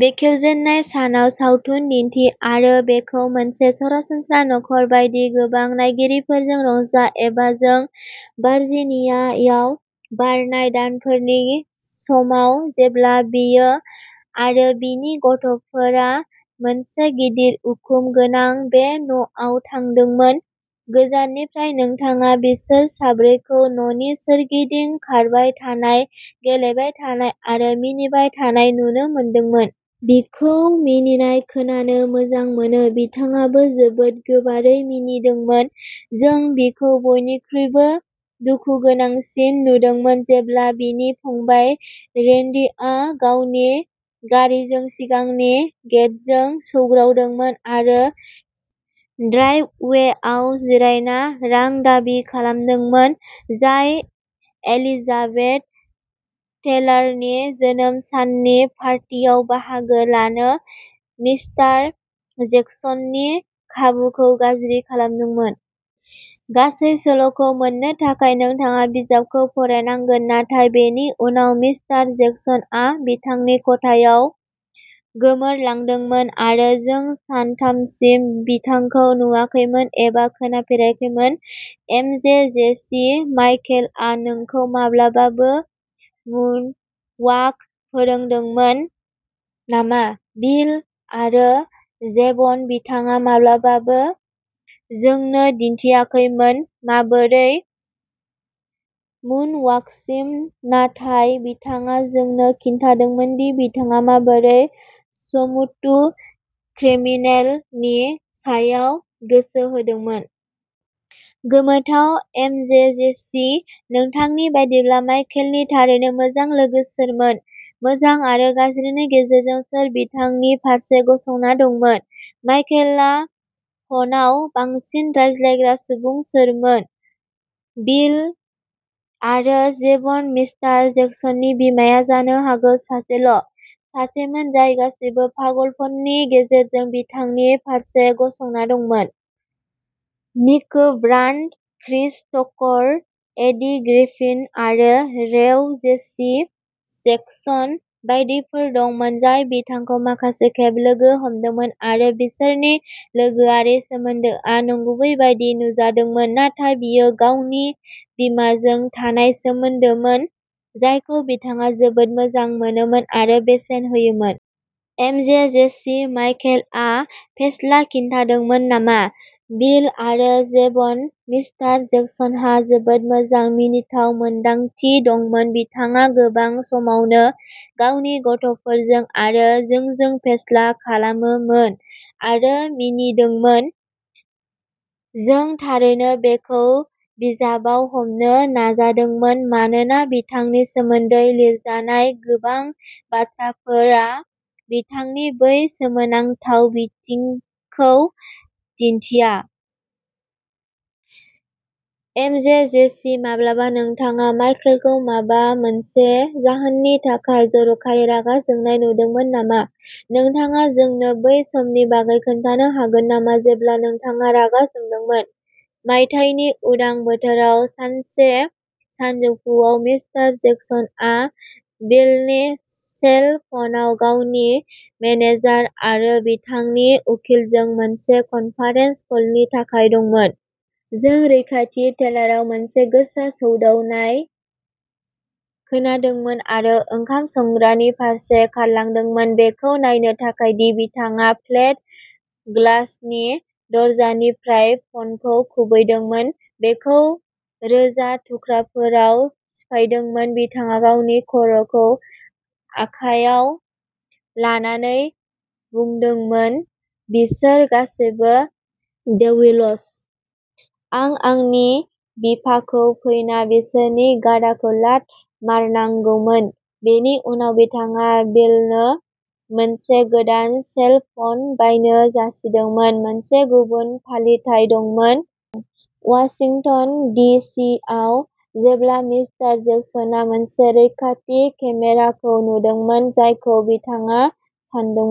बेखेवजेननाय सानाव सावथुन दिन्थि आरो बेखौ मोनसे सरासनस्रा नखर बायदि गोबां नायगिरिफोरजों रंजा एबा जों भार्जिनियायाव बारनाय दानफोरनि समाव जेब्ला बियो आरो बिनि गथ'फोरा मोनसे गिदिर उखुम गोनां बे न'आव थादोंमोन। गोजाननिफ्राय नोंथाङा बिसोर साब्रैखौ न'नि सोरगिदिं खारबाय थानाय, गेलेबाय थानाय आरो मिनिबाय थानाय नुनो मोनदोंमोन। बिखौ मिनिनाय खोनानो मोजां मोनो। बिथाङाबो जोबोद गोबारै मिनिदोंमोन। जों बिखौ बयनिख्रुइबो दुखुगोनांसिन नुदोंमोन, जेब्ला बिनि फंबाय रेन्डिआ गावनि गारिजों सिगांनि गेटजों सौग्रावदोंमोन आरो ड्राइभवेआव जिरायना रां दाबि खालामदोंमोन, जाय एलिजाबेथ टेलारनि जोनोम साननि पार्टियाव बाहागो लानो मिस्टार जेक्सननि खाबुखौ गाज्रि खालामदोंमोन। गासै सल'खौ मोननो थाखाय नोंथाङा बिजाबखौ फरायनांगोन, नाथाय बेनि उनाव मिस्टार जेक्सनआ बिथांनि खथायाव गोमोरलांदोंमोन आरो जों सानथामसिम बिथांखौ नुवाखैमोन एबा खोनाफेराखैमोन। एमजेजेसि माइकेलआ नोंखौ माब्लाबाबो मुनवाक फोरोंदोंमोन नामा? बिल आरो जेभन बिथाङा माब्लाबाबो जोंनो दिन्थियाखैमोन माबोरै मुनवाकसिम, नाथाय बिथाङा जोंनो खिन्थादोंमोन दि बिथाङा माबोरै "स्मुथु क्रिमिनेल" नि सायाव गोसो होदोंमोन। गोमोथाव एमजेजेसी नोंथांनि बायदिब्ला माइकेलनि थारैनो मोजां लोगो सोरमोन? मोजां आरो गाज्रिनि गेजेरजों सोर बिथांनि फारसे गसंना दंमोन? माइकेलआ फनाव बांसिन रायज्लायग्रा सुबुं सोरमोन? बिल आरो जेभन मिस्टार जेक्सननि बिमाया जानो हागौ सासेल' सासेमोन जाय गासैबो पागलपननि गेजेरजों बिथांनि फारसे गसंना दंमोन। Miko Brand', Chris Tucker, Eddie Griffin आरो रेव जेसी जेक्सन बायदिफोर दंमोन जाय बिथांखौ माखासे खेब लोगो हमदोंमोन आरो बिसोरनि लोगोआरि सोमोन्दोआ नंगुबै बायदि नुजादोंमोन, नाथाय बियो गावनि बिमाजों थानाय सोमोन्दोमोन जायखौ बिथाङा जोबोद मोजां मोनोमोन आरो बेसेन होयोमोन। एमजेजेसी माइकेलआ फेस्ला खिन्थादोंमोन नामा? बिल आरो जेभन मिस्टार जेक्सनहा जोबोद मोजां मिनिथाव मोनदांथि दंमोन। बिथाङा गोबां समावनो गावनि गथ'फोरजों आरो जोंजों फेस्ला खालामोमोन आरो मिनिदोंमोन। जों थारैनो बेखौ बिजाबाव हमनो नाजादोंमोन, मानोना बिथांनि सोमोन्दै लिरजानाय गोबां बाथ्राफोरा बिथांनि बै सोमोनांथाव बिथिंखौ दिन्थिया। एमजेजेसि माब्लाबा नोंथाङा माइकेलखौ माबा मोनसे जाहोननि थाखाय जर'खायै रागा जोंनाय नुदोंमोन नामा? नोंथाङा जोंनो बै समनि बागै खोन्थानो हागोन नामा जेब्ला बिथाङा रागा जोंदोंमोन? मायथाइनि उदां बोथोराव सानसे सानजौफुआव, मिस्टार जेक्सनआ बिलनि सेल फनाव गावनि मेनेजार आरो बिथांनि उखिलजों मोनसे कनफारेन्स कलनि थाखाय दंमोन। जों रैखाथि ट्रेलाराव मोनसे गोसा सौदावनाय खोनादोंमोन आरो ओंखाम संग्रानि फारसे खारलांदोंमोन बेखौ नायनो थाखाय दि बिथाङा प्लेट ग्लासनि दरजानिफ्राय फ'नखौ खुबैदोंमोन, बेखौ रोजा थुख्राफोराव सिफायदोंमोन। बिथाङा गावनि खर'खौ आखायाव लानानै बुंदोंमोन, "बिसोर गासैबो डेविल्स। आं आंनि बिफाखौ फैना बिसोरनि गाधाखौ लात मारनांगौमोन।" बेनि उनाव बिथाङा बिलनो मोनसे गोदान सेल फ'न बायनो जासिदोंमोन। मोनसे गुबुन फालिथाय दंमोन, वाशिंटन डि सि आव, जेब्ला मिस्टार जेक्सनआ मोनसे रैखाथि केमेराखौ नुदोंमोन जायखौ बिथाङा सानदोंमोन।